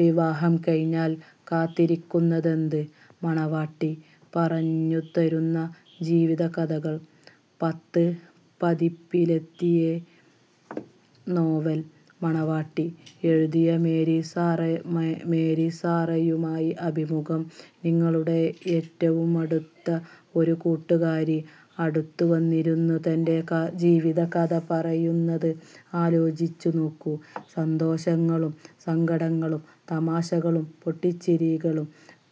വിവാഹം കഴിഞ്ഞാൽ കാത്തിരിക്കുന്നതെന്ത്? മണവാട്ടി പറഞ്ഞുതരുന്ന ജീവിതകഥകൾ... പത്ത് പതിപ്പിലെത്തിയെ നോവൽ 'മണവാട്ടി' എഴുതിയ മേരി സാറയുമായി അഭിമുഖം നിങ്ങളുടെ ഏറ്റവുമടുത്ത ഒരു കൂട്ടുകാരി അടുത്തുവന്നിരുന്ന് തന്റെ ജീവിതകഥ പറയുന്നത് ആലോചിച്ചുനോക്കൂ. സന്തോഷങ്ങളും സങ്കടങ്ങളും തമാശകളും പൊട്ടിച്ചിരികളും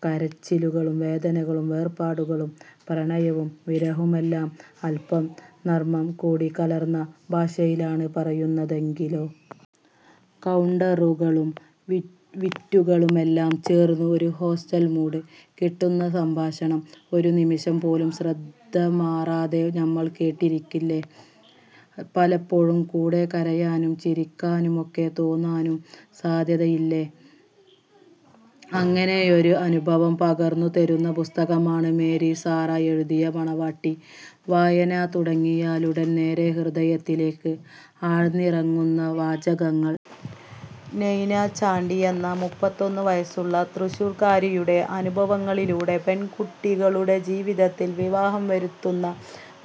കരച്ചിലുകളും വേദനകളും വേർപാടുകളും പ്രണയവും വിരഹവുമെല്ലാം അൽപം നർമം കൂടി കലർന്ന ഭാഷയിലാണ് പറയുന്നതെങ്കിലോ. കൗണ്ടറുകളും വിറ്റുകളുമെല്ലാം ചേർന്ന് ഒരു ഹോസ്റ്റൽ മൂഡ് കിട്ടുന്ന സംഭാഷണം. ഒരു നിമിഷം പോലും ശ്രദ്ധമാറാതെ നമ്മൾ കേട്ടിരിക്കില്ലേ. പലപ്പോഴും കൂടെ കരയാനും ചിരിക്കാനുമൊക്കെ തോന്നാനും സാധ്യതില്ലേ. അങ്ങനെയൊരു അനുഭവം പകർന്നു തരുന്ന പുസ്തകമാണ് മേരി സാറ എഴുതിയ 'മണവാട്ടി'. വായന തുടങ്ങിയാലുടൻ നേരേ ഹൃദയത്തിലേക്ക് ആഴ്ന്നിറങ്ങുന്ന വാചകങ്ങൾ. നൈന ചാണ്ടി എന്ന മുപ്പത്തൊന്നു വയസ്സുള്ള തൃശൂരുകാരിയുടെ അനുഭവങ്ങളിലൂടെ പെൺകുട്ടികളുടെ ജീവിതത്തിൽ വിവാഹം വരുത്തുന്ന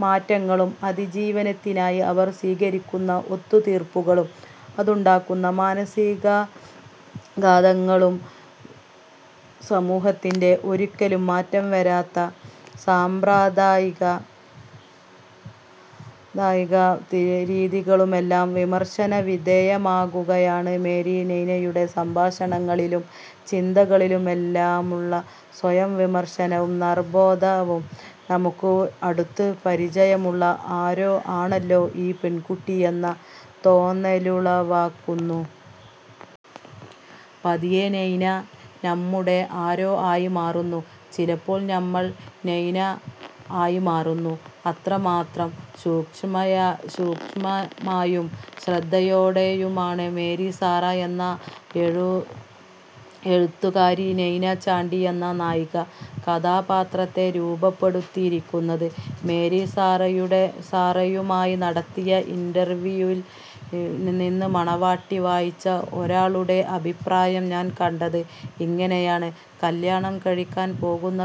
മാറ്റങ്ങളും അതിജീവനത്തിനായി അവർ സ്വീകരിക്കുന്ന ഒത്തുതീർപ്പുകളും അതുണ്ടാക്കുന്ന മാനസികാഘാതങ്ങളും സമൂഹത്തിന്റെ ഒരിക്കലും മാറ്റം വരാത്ത സാമ്പ്രദായിക രീതികളുമെല്ലാം വിമർശന വിധേയമാക്കുകയാണ് മേരി. നൈനയുടെ സംഭാഷണങ്ങളിലും ചിന്തകളിലുമെല്ലാമുള്ള സ്വയം വിമർശനവും നർമബോധവും നമുക്ക് അടുത്തു പരിചയമുള്ള ആരോ ആണല്ലോ ഈ പെൺകുട്ടിയെന്ന തോന്നലുളവാക്കുന്നു. പതിയെ നൈന നമ്മുടെ ആരോ ആയി മാറുന്നു, ചിലപ്പോൾ നമ്മൾ നൈന ആയി മാറുന്നു. അത്രമാത്രം സൂക്ഷ്മമായും ശ്രദ്ധയോടെയുമാണ് മേരി സാറ എന്ന എഴുത്തുകാരി നൈന ചാണ്ടി എന്ന നായിക കഥാപാത്രത്തെ രൂപപ്പെടുത്തിയിരിക്കുന്നത്. മേരി സാറയുമായി നടത്തിയ ഇന്റർവ്യുവിൽ നിന്ന്. ∙മണവാട്ടി വായിച്ച ഒരാളുടെ അഭിപ്രായം ഞാൻ കണ്ടത് ഇങ്ങനെയാണ്: ''കല്യാണം കഴിക്കാൻ പോകുന്ന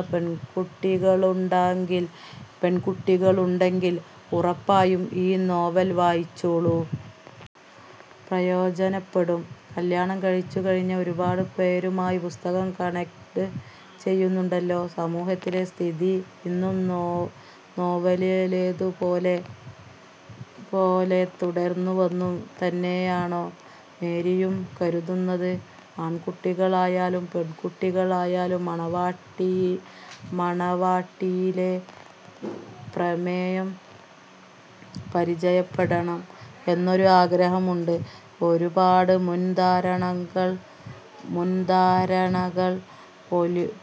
പെൺകുട്ടികളുണ്ടെങ്കിൽ ഉറപ്പായും ഈ നോവൽ വായിച്ചോളൂ. പ്രയോജനപ്പെടും''. കല്യാണം കഴിച്ചു കഴിഞ്ഞ ഒരുപാടു പേരുമായി പുസ്തകം കണക്ട് ചെയ്യുന്നുണ്ടല്ലോ. സമൂഹത്തിലെ സ്ഥിതി ഇന്നും നോവലിലേതു പോലെ തുടരുന്നുവെന്നു തന്നെയാണോ മേരിയും കരുതുന്നത്? ആൺകുട്ടികൾ ആയാലും പെൺകുട്ടികൾ ആയാലും മണവാട്ടിയിലെ പ്രമേയം പരിചയപ്പെടണം എന്നൊരു ആഗ്രഹം ഉണ്ട്. ഒരുപാട് മുൻധാരണകൾ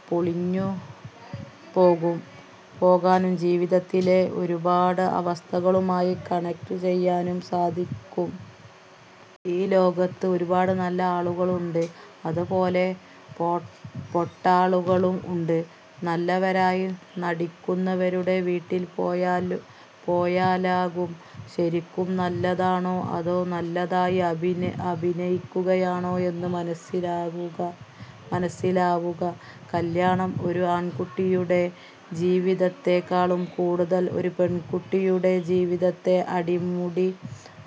പൊളിഞ്ഞു പോകാനും ജീവിതത്തിലെ ഒരുപാട് അവസ്ഥകളുമായി കണക്ട് ചെയ്യാനും സാധിക്കും. ഈ ലോകത്ത് ഒരുപാട് നല്ല ആളുകൾ ഉണ്ട്. അതേപോലെ പൊട്ട ആളുകളും ഉണ്ട്. നല്ലവരായി നടിക്കുന്നവരുടെ വീട്ടിൽ പോയാലാകും ശരിക്കും നല്ലതാണോ അതോ നല്ലതായി അഭിനയിക്കുകയാണോ എന്ന് മനസിലാവുക. കല്യാണം ഒരു ആൺകുട്ടിയുടെ ജീവിതത്തെക്കാളും കൂടുതൽ ഒരു പെൺകുട്ടിയുടെ ജീവിതത്തെ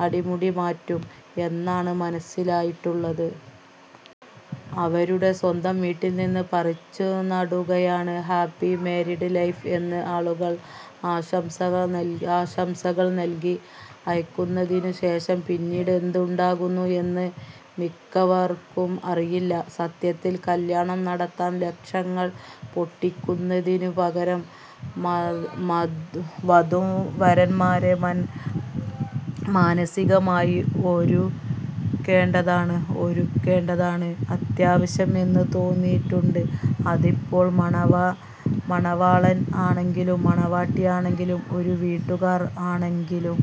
അടിമുടി മാറ്റും എന്നാണ് മനസിലായിട്ടുള്ളത്. അവരുടെ സ്വന്തം വീട്ടിൽ നിന്ന് പറിച്ചുനടുകയാണ്. ഹാപ്പി മാരീഡ് ലൈഫ് എന്ന് ആളുകൾ ആശംസകൾ നൽകി അയയ്ക്കുന്നതിനു ശേഷം പിന്നീട് എന്ത് ഉണ്ടാകുന്നു എന്ന് മിക്കവർക്കും അറിയില്ല. സത്യത്തിൽ കല്യാണം നടത്താൻ ലക്ഷങ്ങൾ പൊട്ടിക്കുന്നതിനു പകരം വധൂവരൻമാരെ മാനസികമായി ഒരുക്കേണ്ടതാണ് അത്യാവശ്യം എന്ന് തോന്നിയിട്ടുണ്ട്. അതിപ്പോൾ മണവാളൻ ആണെങ്കിലും മണവാട്ടി ആണെങ്കിലും ഇരു വീട്ടുകാർ ആണെങ്കിലും.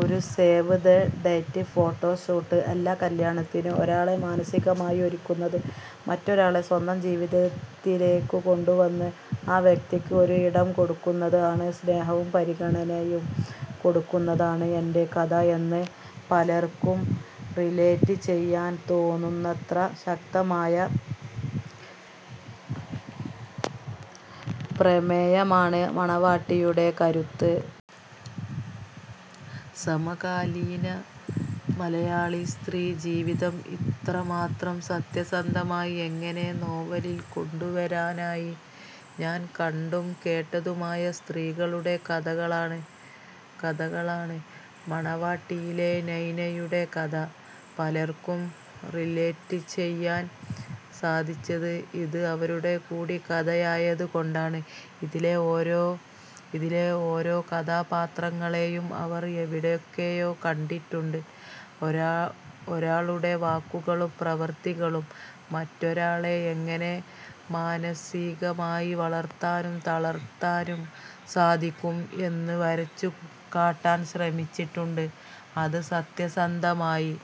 ഒരു സേവ് ദ് ഡേറ്റ് ഫോട്ടോഷൂട്ട് അല്ല കല്യാണത്തിന് ഒരാളെ മാനസികമായി ഒരുക്കുന്നത്. മറ്റൊരാളെ സ്വന്തം ജീവിതത്തിലേക്കു കൊണ്ടുവന്ന് ആ വ്യക്തിക്ക് ഒരു ഇടം കൊടുക്കുന്നത് ആണ്, സ്നേഹവും പരിഗണനയും കൊടുക്കുന്നത് ആണ്. ∙എന്റെ കഥ എന്ന് പലർക്കും റിലേറ്റ് ചെയ്യാൻ തോന്നുന്നത്ര ശക്തമായ പ്രമേയമാണ് മണവാട്ടിയുടെ കരുത്ത്. സമകാലീന മലയാളി സ്ത്രീ ജീവിതം ഇത്രമാത്രം സത്യസന്ധമായി എങ്ങനെ നോവലിൽ കൊണ്ടുവരാനായി? ഞാൻ കണ്ടും കേട്ടതുമായ സ്ത്രീകളുടെ കഥകളാണ് മണവാട്ടിയിലെ നൈനയുടെ കഥ. പലർക്കും റിലേറ്റ് ചെയ്യാൻ സാധിച്ചത് ഇത് അവരുടെ കൂടി കഥയായത് കൊണ്ടാണ്. ഇതിലെ ഓരോ കഥാപാത്രങ്ങളെയും അവർ എവിടെയൊക്കെയോ കണ്ടിട്ടുണ്ട്. ഒരാളുടെ വാക്കുകളും പ്രവൃത്തികളും മറ്റൊരാളെ എങ്ങനെ മാനസികമായി വളർത്താനും തളർത്താനും സാധിക്കും എന്നു വരച്ചുകാട്ടാൻ ശ്രമിച്ചിട്ടുണ്ട്. അത് സത്യസന്ധമായി